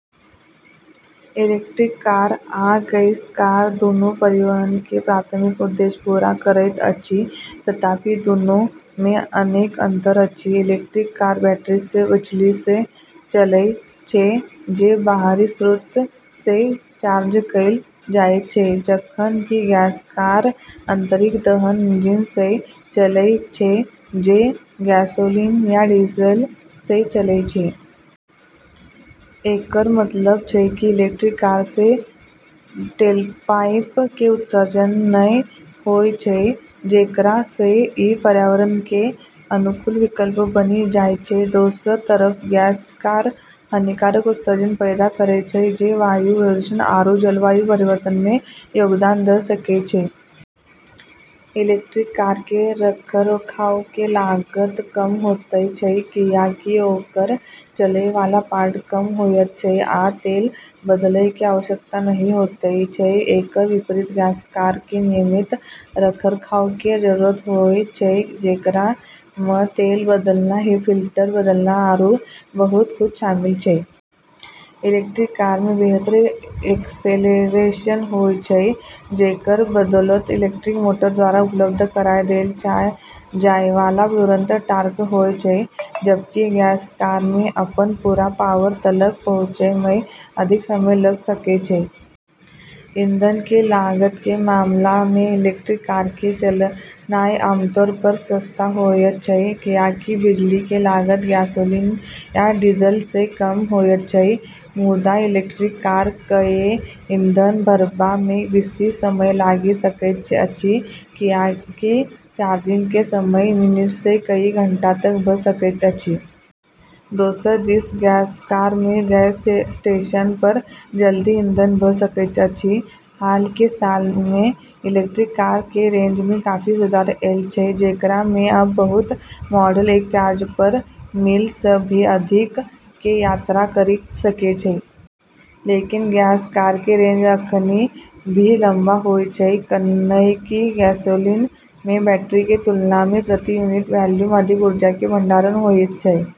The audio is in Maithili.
इलेक्ट्रिक कार आ गैस कार दुनू परिवहन के प्राथमिक उद्देश्य पूरा करैत अछि, तथापि दुनू मे अनेक अंतर अछि। इलेक्ट्रिक कार बैटरी सँ बिजली सँ चलै छै जे बाहरी स्रोत सँ चार्ज कैल जाइत छै, जखन कि गैस कार आंतरिक दहन इंजन सँ चलै छै जे गैसोलीन या डीजल सँ चलै छै। एकर मतलब छै कि इलेक्ट्रिक कार सँ टेलपाइप के उत्सर्जन नै होय छै, जेकरा सँ ई पर्यावरण के अनुकूल विकल्प बनी जाय छै। दोसर तरफ गैस कार हानिकारक उत्सर्जन पैदा करै छै जे वायु प्रदूषण आरू जलवायु परिवर्तन मे योगदान दऽ सकै छै। इलेक्ट्रिक कार के रखरखाव के लागत कम होयत छै, कियाकि ओकर चलैय वाला पार्ट कम होयत छै आ तेल बदलय के आवश्यकता नहि होयत छै। एकर विपरीत गैस कार के नियमित रखरखाव के जरूरत होय छै, जेकरा म॑ तेल बदलना, फिल्टर बदलना, आरू बहुत कुछ शामिल छै। इलेक्ट्रिक कार मे बेहतर एक्सेलरेशन होय छै, जेकर बदौलत इलेक्ट्रिक मोटर द्वारा उपलब्ध कराय देल जाय वाला तुरंत टॉर्क होय छै, जबकि गैस कार मे अपन पूरा पावर तलक पहुँचै म॑ अधिक समय लगऽ सकै छै। ईंधन के लागत के मामला मे, इलेक्ट्रिक कार के चलनाय आमतौर पर सस्ता होयत छै, कियाकि बिजली के लागत गैसोलीन या डीजल सँ कम होयत छै। मुदा इलेक्ट्रिक कार कए ईंधन भरबा मे बेसी समय लागि सकैत अछि, कियाकि चार्जिंग के समय [तीस] मिनट सँ कई घंटा तक भऽ सकैत अछि। दोसर दिस गैस कार मे गैस स्टेशन पर जल्दी ईंधन भऽ सकैत अछि। हाल के साल मे इलेक्ट्रिक कार के रेंज मे काफी सुधार ऐल छै, जेकरा मे अब बहुत मॉडल एक चार्ज पर [दो सय] मील सँ भी अधिक के यात्रा करी सकै छै। लेकिन गैस कार के रेंज अखनी भी लम्बा होय छै, कैन्हेंकि गैसोलीन मे बैटरी के तुलना म॑ प्रति यूनिट वॉल्यूम अधिक ऊर्जा के भंडारण होइत छै।